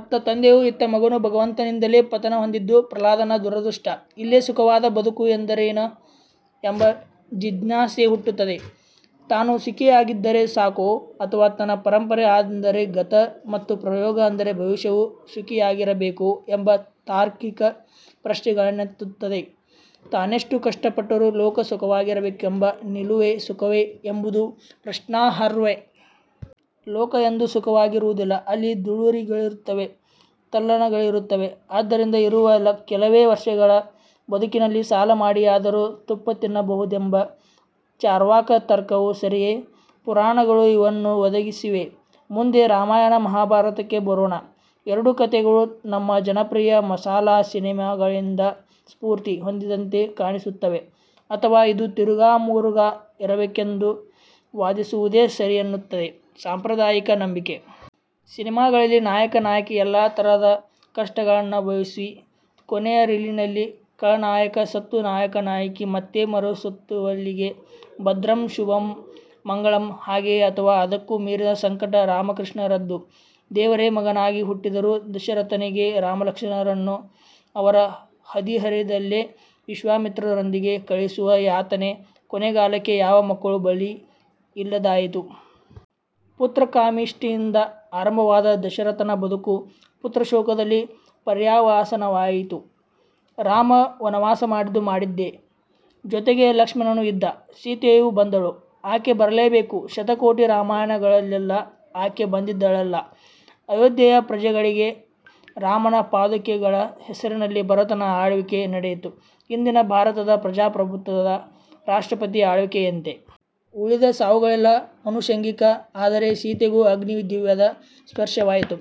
ಅತ್ತ ತಂದೆಯೂ ಇತ್ತ ಮಗನೂ ಭಗವಂತನಿಂದಲೇ ಪತನಹೊಂದಿದ್ದು ಪ್ರಹ್ಲಾದನ ದುರದೃಷ್ಟ. ಇಲ್ಲೇ ಸುಖವಾದ ಬದುಕು ಎಂದರೇನು ಎಂಬ ಜಿಜ್ಞಾಸೆ ಹುಟ್ಟುತ್ತದೆ. ತಾನು ಸುಖಿಯಾಗಿದ್ದರೆ ಸಾಕೋ, ಅಥವಾ ತನ್ನ ಪರಂಪರೆ ಅಂದರೆ ಗತ, ಮತ್ತು ಪ್ರಯೋಗ ಅಂದರೆ ಭವಿಷ್ಯವೂ ಸುಖಿಯಾಗಿರಬೇಕೋ ಎಂಬ ತಾರ್ಕಿಕ ಪ್ರಶ್ನೆಗಳನ್ನೆತ್ತುತ್ತದೆ. ತಾನೆಷ್ಟೇ ಕಷ್ಟಪಟ್ಟರೂ ಲೋಕ ಸುಖವಾಗಿರಬೇಕೆಂಬ ನಿಲುವೇ ಸುಖವೇ ಎಂಬುದೂ ಪ್ರಶ್ನಾರ್ಹವೇ. ಲೋಕ ಎಂದೂ ಸುಖವಾಗಿರುವುದಿಲ್ಲ. ಅಲ್ಲಿ ದಳ್ಳುರಿಗಳಿರುತ್ತವೆ; ತಲ್ಲಣಗಳಿರುತ್ತವೆ. ಆದ್ದರಿಂದ ಇರುವ ಕೆಲವೇ ವರ್ಷಗಳ ಬದುಕಿನಲ್ಲಿ ಸಾಲಮಾಡಿಯಾದರೂ ತುಪ್ಪತಿನ್ನಬಹುದೆಂಬ ಚಾರ್ವಾಕ ತರ್ಕವೂ ಸರಿಯೇ. ಪುರಾಣಗಳು ಇವನ್ನೂ ಒದಗಿಸಿವೆ. ಮುಂದೆ ರಾಮಾಯಣ-ಮಹಾಭಾರತಕ್ಕೆ ಬರೋಣ. ಎರಡೂ ಕತೆಗಳು ನಮ್ಮ ಜನಪ್ರಿಯ ಮಸಾಲಾ ಸಿನೆಮಾಗಳಿಂದ ಸ್ಫೂರ್ತಿ ಹೊಂದಿದಂತೆ ಕಾಣಿಸುತ್ತವೆ ಅಥವಾ ಇದು ತಿರುಗಾಮುರುಗಾ ಇರಬೇಕೆಂದು ವಾದಿಸುವುದೇ ಸರಿಯೆನ್ನುತ್ತದೆ ಸಾಂಪ್ರದಾಯಿಕ ನಂಬಿಕೆ. ಸಿನೆಮಾಗಳಲ್ಲಿ ನಾಯಕ-ನಾಯಕಿ ಎಲ್ಲ ತರದ ಕಷ್ಟಗಳನ್ನನುಭವಿಸಿ ಕೊನೆಯ ರೀಲಿನಲ್ಲಿ ಖಳನಾಯಕ ಸತ್ತು ನಾಯಕ-ನಾಯಕಿ ಮತ್ತೆ ಮರಸುತ್ತುವಲ್ಲಿಗೆ ಭದ್ರಂ-ಶುಭಂ-ಮಂಗಳಂ! ಹಾಗೆಯೇ ಅಥವಾ ಅದಕ್ಕೂ ಮೀರಿದ ಸಂಕಟ ರಾಮ-ಕೃಷ್ಣರದ್ದು. ದೇವರೇ ಮಗನಾಗಿ ಹುಟ್ಟಿದರೂ ದಶರಥನಿಗೆ ರಾಮಲಕ್ಷ್ಮಣರನ್ನು ಅವರ ಹದಿಹರೆಯದಲ್ಲೇ ವಿಶ್ವಾಮಿತ್ರರೊಂದಿಗೆ ಕಳುಹಿಸುವ ಯಾತನೆ. ಕೊನೆಗಾಲಕ್ಕೆ ಯಾವ ಮಕ್ಕಳೂ ಬಳಿಯಿಲ್ಲದಾಯಿತು. ಪುತ್ರಕಾಮೇಷ್ಟಿಯಿಂದ ಆರಂಭವಾದ ದಶರಥನ ಬದುಕು ಪುತ್ರಶೋಕದಲ್ಲಿ ಪರ್ಯಾವಸಾನವಾಯಿತು. ರಾಮ ವನವಾಸ ಮಾಡಿದ್ದೂ ಮಾಡಿದ್ದೇ. ಜೊತೆಗೆ ಲಕ್ಷ್ಮಣನೂ ಇದ್ದ; ಸೀತೆಯೂ ಬಂದಳು. ಆಕೆ ಬರಲೇಬೇಕು; ಶತಕೋಟಿ ರಾಮಾಯಣಗಳಲ್ಲೆಲ್ಲ ಆಕೆ ಬಂದಿದ್ದಳಲ್ಲ! ಅಯೋಧ್ಯೆಯ ಪ್ರಜೆಗಳಿಗೆ ರಾಮನ ಪಾದುಕೆಗಳ ಹೆಸರಿನಲ್ಲಿ ಭರತನ ಆಳ್ವಿಕೆ ನಡೆಯಿತು-ಇಂದಿನ ಭಾರತದ ಪ್ರಜಾಪ್ರಭುತ್ವದ ರಾಷ್ಟ್ರಪತಿ ಅಳ್ವಿಕೆಯಂತೆ. ಉಳಿದ ಸಾವುಗಳೆಲ್ಲ ಅನುಷಂಗಿಕ. ಆದರೆ ಸೀತೆಗೂ ಅಗ್ನಿದಿವ್ಯದ ಸ್ಪರ್ಶವಾಯಿತು.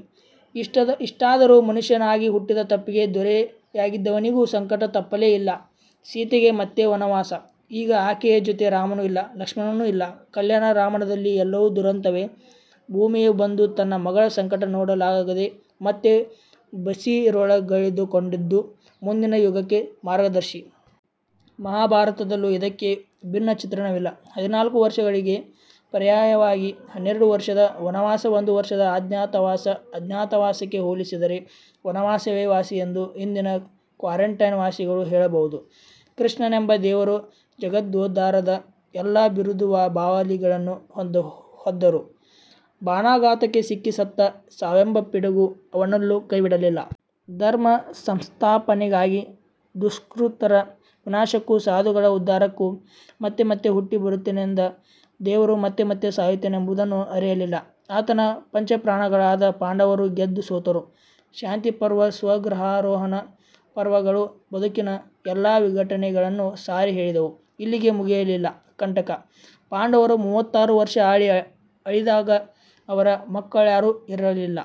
ಇಷ್ಟಾದರೂ ಮನುಷ್ಯನಾಗಿ ಹುಟ್ಟಿದ ತಪ್ಪಿಗೆ ದೊರೆಯಾಗಿದ್ದವನಿಗೂ ಸಂಕಟ ತಪ್ಪಲೇ ಇಲ್ಲ. ಸೀತೆಗೆ ಮತ್ತೆ ವನವಾಸ. ಈಗ ಆಕೆಯ ಜೊತೆ ರಾಮನೂ ಇಲ್ಲ; ಲಕ್ಷ್ಮಣನೂ ಇಲ್ಲ. ಕಲ್ಯಾಣ ರಾಮಾಯಣದಲ್ಲಿ ಎಲ್ಲವೂ ದುರಂತವೇ. ಭೂಮಿಯೇ ಬಂದು ತನ್ನ ಮಗಳ ಸಂಕಟ ನೋಡಲಾಗದೆ ಮತ್ತೆ ಬಸಿರೊಳಗೆಳೆದುಕೊಂಡದ್ದು ಮುಂದಿನ ಯುಗಕ್ಕೆ ಮಾರ್ಗದರ್ಶಿ. ಮಹಾಭಾರತದಲ್ಲೂ ಇದಕ್ಕೆ ಭಿನ್ನ ಚಿತ್ರಣವಿಲ್ಲ. ಹದಿನಾಲ್ಕು ವರ್ಷಗಳಿಗೆ ಪರ್ಯಾಯವಾಗಿ ಹನ್ನೆರಡು ವರ್ಷದ ವನವಾಸ, ಒಂದು ವರ್ಷದ ಅಜ್ಞಾತವಾಸ. ಅಜ್ಞಾತವಾಸಕ್ಕೆ ಹೋಲಿಸಿದರೆ ವನವಾಸವೇ ವಾಸಿಯೆಂದು ಇಂದಿನ ಕ್ವಾರಂಟೈನ್ ವಾಸಿಗಳು ಹೇಳಬಹುದು. ಕೃಷ್ಣನೆಂಬ ದೇವರು ಜಗದೋದ್ಧಾರದ ಎಲ್ಲ ಬಿರುದುಬಾವಲಿಗಳನ್ನು ಹೊದ್ದರೂ ಬಾಣಾಘಾತಕ್ಕೆ ಸಿಕ್ಕಿ ಸತ್ತ. ಸಾವೆಂಬ ಪಿಡುಗು ಅವನನ್ನೂ ಕೈಬಿಡಲಿಲ್ಲ. ಧರ್ಮಸಂಸ್ಥಾಪನೆಗಾಗಿ, ದುಷ್ಕೃತರ ವಿನಾಶಕ್ಕೂ ಸಾಧುಗಳ ಉದ್ಧಾರಕ್ಕೂ ಮತ್ತೆಮತ್ತೆ ಹುಟ್ಟಿ ಬರುತ್ತೇನೆಂದ ದೇವರು ಮತ್ತೆಮತ್ತೆ ಸಾಯುತ್ತೇನೆಂಬುದನ್ನು ಅರಿಯಲಿಲ್ಲ. ಆತನ ಪಂಚಪ್ರಾಣಗಳಾದ ಪಾಂಡವರೂ ಗೆದ್ದು ಸೋತರು. ಶಾಂತಿಪರ್ವ, ಸ್ವರ್ಗಾರೊಹಣ ಪರ್ವಗಳು ಬದುಕಿನ ಎಲ್ಲ ವಿಘಟನೆಗಳನ್ನು ಸಾರಿ ಹೇಳಿದವು. ಇಲ್ಲಿಗೇ ಮುಗಿಯಲಿಲ್ಲ ಕಂಟಕ: ಪಾಂಡವರು ಮೂವತ್ತಾರು ವರ್ಷ ಆಳಿ ಅಳಿದಾಗ ಅವರ ಮಕ್ಕಳ್ಯಾರೂ ಇರಲಿಲ್ಲ.